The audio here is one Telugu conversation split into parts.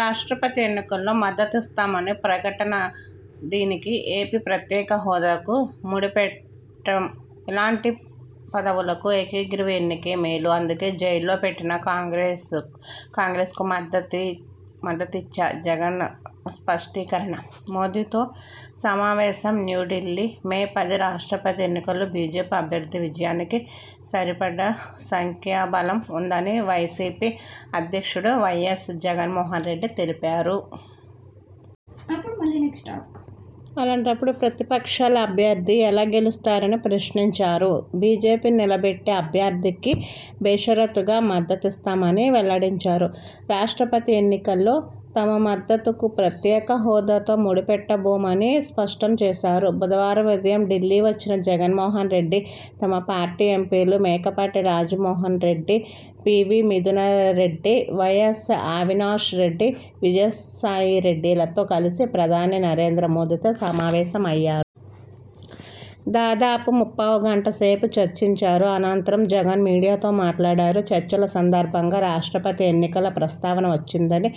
రాష్ట్రపతి ఎన్నికలో మద్దతిస్తామని ప్రకటనదీనికి, ఏపీ ప్రత్యేక హోదాకు ముడిపెట్టంఇలాంటి పదవులకు ఏకగ్రీవ ఎన్నికే మేలుఅందుకే జైల్లో పెట్టినా కాంగ్రెస్కు మద్దతిచ్చాజగన్ స్పష్టీకరణ.. మోదీతో సమావేశంన్యూఢిల్లీ, మే పది రాష్ట్రపతి ఎన్నికలో బీజేపీ అభ్యర్థి విజయానికి సరిపడా సంఖ్యాబలం ఉందని వైసీపీ అధ్యక్షుడు వైఎస్ జగన్మోహన్ రెడ్డి తెలిపారు. అలాంటప్పుడు ప్రతిపక్షాల అభ్యర్థి ఎలా గెలుస్తారని ప్రశ్నించారు. బీజేపీ నిలబెట్టే అభ్యర్థికి బేషరతుగా మద్దతిస్తామని వెల్లడించారు. రాష్ట్రపతి ఎన్నికలో తమ మద్దతుకు ప్రత్యేక హోదాతో ముడిపెట్టబోమని స్పష్టం చేశారు. బుధవారం ఉదయం ఢిల్లీ వచ్చిన జగన్మోహన్ రెడ్డి తమ పార్టీ ఎంపీలు మేకపాటి రాజమోహన్రెడ్డి, పీవీ మిథునరెడ్డి, వైఎస్ అవినా్షరెడ్డి, విజయసాయిరెడ్డిలతో కలిసి ప్రధాని నరేంద్ర మోదీతో సమావేశమయ్యారు. దాదాపు ముప్పావుగంట సేపు చర్చించారు. అనంతరం జగన్ మీడియాతో మాట్లాడారు. చర్చల సందర్భంగా రాష్ట్రపతి ఎన్నికల ప్రస్తావన వచ్చిందని,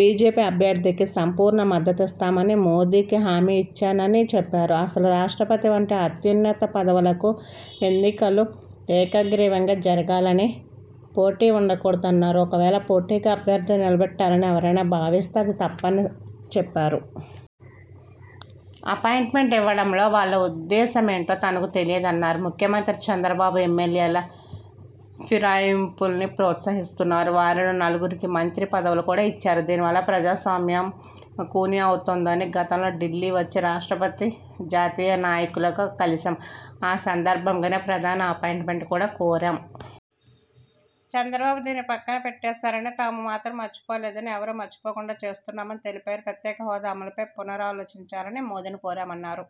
బీజేపీ అభ్యర్థికి సంపూర్ణ మద్దతిస్తామని మోదీకి హామీ ఇచ్చానని చెప్పారు. అసలు రాష్ట్రపతి వంటి అత్యున్నత పదవులకు ఎన్నికలు ఏకగ్రీవంగా జరగాలని, పోటీ ఉండకూడదన్నారు. ఒకవేళ పోటీగా అభ్యర్థిని నిలబెట్టాలని ఎవరైనా భావిస్తే అది తప్పని చెప్పారు. అపాయింట్మెంట్ ఇవ్వడంలో వాళ్ల ఉద్దేశమేంటో తనకు తెలియదన్నారు. 'ముఖ్యమంత్రి చంద్రబాబు ఎమ్మెల్యేల ఫిరాయింపుల్ని ప్రోత్సహిస్తున్నారు. వారిలో నలుగురికి మంత్రి పదవులు కూడా ఇచ్చారు. దీనివల్ల ప్రజాస్వామ్యం ఖూనీ అవుతోందని గతంలో ఢిల్లీ వచ్చి రాష్ట్రపతి, జాతీయ నాయకులను కలిశాం. ఆ సందర్భంగానే ప్రధాని అపాయింట్మెంట్ కూడా కోరాం. చంద్రబాబు దీన్ని పక్కన పెట్టేశారని, తాము మాత్రం మరచిపోలేదని, ఎవరూ మరచిపోకుండా చేస్తున్నామని తెలిపారు. ప్రత్యేక హోదా అమలుపై పునరాలోచించాలని మోదీని కోరామన్నారు.